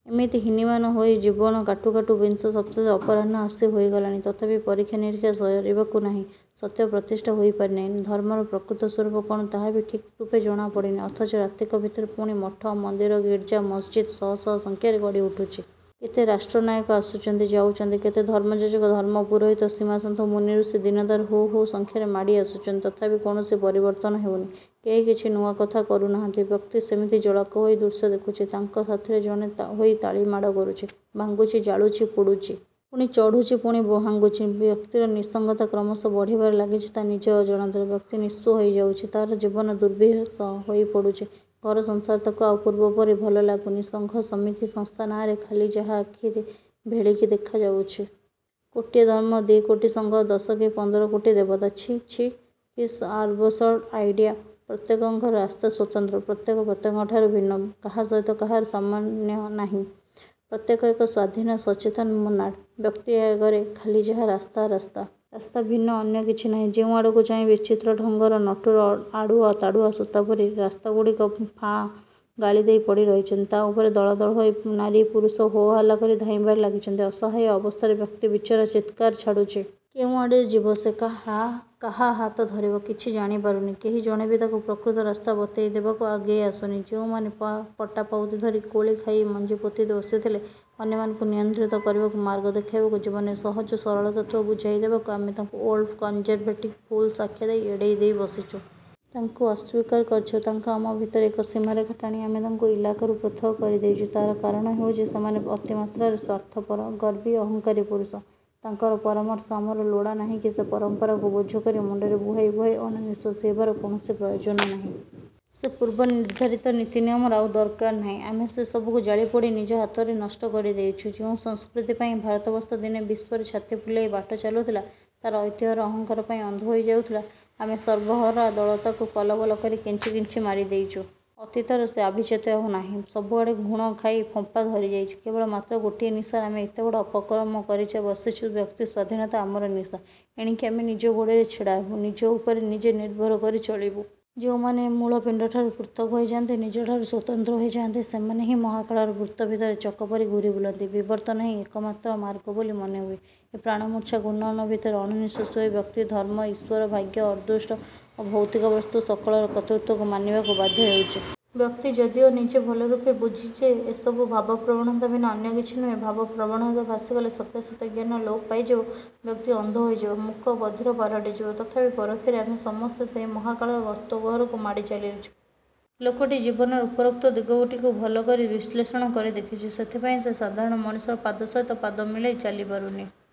ଏମିତି ହୀନିମାନ ହୋଇ ଜୀବନ କାଟୁ କାଟୁ ବିଂଶ-ଶତାବ୍ଦୀର ଅପରାହ୍ନ ଆସି ହୋଇଗଲାଣି। ତଥାପି ପରୀକ୍ଷା ନିରୀକ୍ଷା ସରିବାକୁ ନାହିଁ। ସତ୍ୟ ପ୍ରତିଷ୍ଠା ହୋଇପାରିନାହିଁ। ଧର୍ମର ପ୍ରକୃତ ସ୍ୱରୂପ କ'ଣ ତାହା ବି ଠିକ୍ ରୂପେ ଜଣା ପଡ଼ିନି। ଅଥଚ ରାତିକ ଭିତରେ ପୁଣି ମଠ, ମନ୍ଦିର, ଗିର୍ଜା, ମସ୍ଜିଦ୍ ଶହଶହ ସଂଖ୍ୟାରେ ଗଢ଼ି ଉଠୁଛି। କେତେ ରାଷ୍ଟ୍ରନାୟକ ଆସୁଛନ୍ତି,। ଯାଉଛନ୍ତି। କେତେ ଧର୍ମଯାଜକ, ଧର୍ମ ପୁରୋହିତ, ସ୍ୱାମୀସନ୍ଥ, ମୁନିରୁଷି, ଦୀନଦାର ହୁ ହୁ ସଂଖ୍ୟାରେ ମାଡ଼ି ଆସୁଛନ୍ତି। ତଥାପି କୌଣସି ପରିବର୍ତ୍ତନ ହେଉନି। କେହି କିଛି ନୂଆ କଥା କରୁନାହାନ୍ତି। ବ୍ୟକ୍ତି ସେମିତି ଜଳକା ହୋଇ ଦୃଶ୍ୟ ଦେଖୁଛି। ତାଙ୍କ ସାଥିରେ ଜଣେ ହୋଇ ତାଳି ମାଡ଼ କରୁଛି, ଭାଙ୍ଗୁଛି, ଜାଳୁଛି, ପୋଡ଼ୁଛି। ପୁଣି ଚଢ଼ୁଛି। ପୁଣି ଭାଙ୍ଗୁଛି। ବ୍ୟକ୍ତିର ନିଃସଙ୍ଗତା କ୍ରମଶଃ ବଢ଼ିବାରେ ଲାଗିଛି ତା' ନିଜର ଅଜାଣତରେ। ବ୍ୟକ୍ତି ନିଃସ୍ୱ ହୋଇଯାଉଛି। ତା'ର ଜୀବନ ଦୁର୍ବହ ହୋଇପଡ଼ୁଛି। ଘରସଂସାର ତାକୁ ଆଉ ପୂର୍ବପରି ଭଲଲାଗୁନି। ସଂଘ ସମିତି, ସଂସ୍ଥା ନାଁରେ ଖାଲି ଯାହା ଆଖିରେ ଭେଳିକି ଦେଖା ହେଉଛି। କୋଟିଏ ଧର୍ମ, ଦିକୋଟି ସଂଘ, ଦଶ କି ପନ୍ଦର କୋଟି ଦେବତା। ଛି, ଛି, କି ଆବସର୍ଡ଼ ଆଇଡିଆ। ପ୍ରତ୍ୟେକଙ୍କର ରାସ୍ତା ସ୍ୱତନ୍ତ୍ର। ପ୍ରତ୍ୟେକ ପ୍ରତ୍ୟେକଙ୍କ ଠାରୁ ଭିନ୍ନ। କାହା ସହିତ କାହାର ସାମ୍ୟନାହିଁ। ପ୍ରତ୍ୟେକ ଏକ ଏକ ସ୍ୱାଧୀନ ସଚେତନ ମୋନାଡ୍। ବ୍ୟକ୍ତି ଆଗରେ ଖାଲି ଯାହା ରାସ୍ତା, ରାସ୍ତା। ରାସ୍ତା ଭିନ୍ନ ଅନ୍ୟ କିଛି ନାହିଁ। ଯେଉଁଆଡ଼କୁ ଚାହିଁ, ବିଚିତ୍ର ଢଙ୍ଗରେ ନଟୁର ଅଡ଼ୁଆ ତାଡ଼ୁଆ ସୂତାପରି ରାସ୍ତାଗୁଡ଼ିକ ଫାଁ ଗାଳିଦେଇ ପଡ଼ି ରହିଛନ୍ତି। ତା' ଉପରେ ଦଳ ଦଳ ହୋଇ ନାରୀପୁରୁଷ, ହୋ-ହଲ୍ଲାକରି ଧାଇଁବାରେ ଲାଗିଛନ୍ତି। ଅସହାୟ ଅବସ୍ଥାରେ ବ୍ୟକ୍ତି ବିଚରା ଚିତ୍କାର ଛାଡ଼ୁଛି। କେଉଁଆଡ଼େ ଯିବ ସେ। କାହା ହାତ ଧରିବ? କିଛି ଜାଣି ପାରୁନି। କେହି ଜଣେ ବି ତାକୁ ପ୍ରକୃତ ରାସ୍ତା ବତେଇ ଦେବାକୁ ଆଗେଇ ଆସୁନି। ଯେଉଁମାନେ ବା' ପଟାପାଉତି ଧରି କୋଳି ଖାଇ ମଞ୍ଜି ପୋତି ବସିଥିଲେ ଅନ୍ୟମାନଙ୍କୁ ନିୟନ୍ତ୍ରିତ କରିବାକୁ, ମାର୍ଗ ଦେଖାଇବାକୁ ଜୀବରେ ସହଜ ସରଳ ତତ୍ତ୍ୱ ବୁଝାଇ ଦେବାକୁ, ଆମେ ତାଙ୍କୁ ଓଲ୍ଡ କନ୍ଜରଭେଟିଭ ଫୁଲସ୍ ଆଖ୍ୟାଦେଇ ଏଡ଼େଇ ଦେଇ ବସିଛୁ। ତାଙ୍କୁ ଅସ୍ୱୀକାର କରିଛୁ। ତାଙ୍କ ଆମ ଭିତରେ ଏକ ସୀମାରେଖା ଟାଣି ତାଙ୍କୁ ଆମ ଇଲାକାରୁ ପୃଥକ୍ କରି ଦେଇଛୁ। ତା'ର କାରଣ ହେଉଛି, ସେମାନେ ଅତିମାତ୍ରାରେ ସ୍ୱାର୍ଥପର, ଗର୍ବି, ଅହଂକାରୀ ପୁରୁଷ। ତାଙ୍କର ପରାମର୍ଶ ଆମର ଲୋଡ଼ା ନାହିଁ କି ସେ ପରମ୍ପରାକୁ ବୋଝକରି ମୁଣ୍ଡରେ ବୁହାଇ ବୁହାଇ ଅଣନିଃଶ୍ୱାସୀ ହେବାର କୌଣସି ପ୍ରୟୋଜନ ନାହିଁ। ସେ ପୂର୍ବ ନିର୍ଦ୍ଧାରିତ ନୀତିନିୟମର ଆଉ ଦରକାର ନାହିଁ। ଆମେ ସେ ସବୁକୁ ଜାଳିପୋଡ଼ି ନିଜ ହାତରେ ନଷ୍ଟ କରି ଦେଇଛୁ। ଯେଉଁ ସଂସ୍କୃତି ପାଇଁ ଭାରତବର୍ଷ ଦିନେ ବିଶ୍ୱରେ ଛାତି ଫୁଲେଇ ବାଟ ଚାଲୁଥିଲା, ତା'ର ଐତିହ୍ୟର ଅହଂକାର ପାଇଁ ଅନ୍ଧ ହୋଇ ଯାଉଥିଲା, ଆମେ ସର୍ବହରା ଦଳ ତାକୁ କଲବଲ କରି କେଞ୍ଚି କେଞ୍ଚି ମାରିଦେଇଛୁ। ଅତୀତର ସେ ଆଭିଜାତ୍ୟ ଆଉ ନାହିଁ। ସବୁଆଡ଼େ ଘୁଣ ଖାଇ ଫମ୍ପା ଧରିଯାଇଛି। କେବଳ ମାତ୍ର ଗୋଟିଏ ନିଶାରେ ଆମେ ଏତେବଡ଼ ଅପକର୍ମ କରି ବସିଛୁ। ବ୍ୟକ୍ତି ସ୍ୱାଧୀନତା ଆମର ନିଶା। ଏଣିକି ଆମେ ନିଜ ଗୋଡ଼ରେ ଛିଡ଼ା ହେବୁ। ନିଜ ଉପରେ ନିଜେ ନିର୍ଭର କରି ଚଳିବୁ। ଯେଉଁମାନେ ମୂଳ ପିଣ୍ଡଠାରୁ ପୃଥକ୍ ହୋଇ ଯାଆନ୍ତି, ନିଜଠାରୁ ସ୍ୱତନ୍ତ୍ର ହୋଇ ଯାଆନ୍ତି, ସେମାନେ ହିଁ ମହାକାଳର ବୃତ୍ତ ଭିତରେ ଚକପରି ଘୂରିବୁଲନ୍ତି। ବିବର୍ତ୍ତନ ହିଁ ଏକମାତ୍ର ମାର୍ଗବୋଲି ମନେହୁଏ। ଏ ପ୍ରାଣମୂର୍ଚ୍ଛା ଘୂର୍ଣ୍ଣନ ଭିତରେ ଅଣନିଃଶ୍ୱାସୀ ହୋଇ ବ୍ୟକ୍ତି ଧର୍ମ, ଈଶ୍ୱର, ଭାଗ୍ୟ, ଅଦୃଷ୍ଟ ଓ ଭୌତିକବସ୍ତୁ ସକଳର କର୍ତ୍ତୃତ୍ୱକୁ ମାନିବାକୁ ବାଧ୍ୟ ହେଉଛି। ବ୍ୟକ୍ତି ଯଦିଓ ନିଜେ ଭଲରୂପେ ବୁଝିଛି ଯେ ଏ ସବୁ ଭାବପ୍ରବଣତା ବିନା ଅନ୍ୟକିଛି ନୁହେଁ। ଭାବ ପ୍ରବଣତାରେ ଭାସିଗଲେ ସତ୍ୟାସତ୍ୟ ଜ୍ଞାନ ଲୋପ ପାଇଯିବ। ବ୍ୟକ୍ତି ଅନ୍ଧ ହୋଇଯିବ। ମୂକ ବଧିର ପାଲଟି ଯିବ। ତଥାପି ପରୋକ୍ଷରେ ଆମେ ସମସ୍ତେ ସେଇ ମହାକାଳର ଗର୍ତ୍ତ ଗହ୍ୱରକୁ ମାଡ଼ି ଚାଲିଛୁ। ଲୋକଟି ଜୀବନର ଉପରୋକ୍ତ ଦିଗଟିକୁ ଭଲ କରି ବିଶ୍ଳେଷଣ କରି ଦେଖିଛି। ସେଥିପାଇଁ ସେ ସାଧାରଣ ମଣିଷର ପାଦ ସହିତ ପାଦ ମିଳେଇ ଚାଲି ପାରୁନି।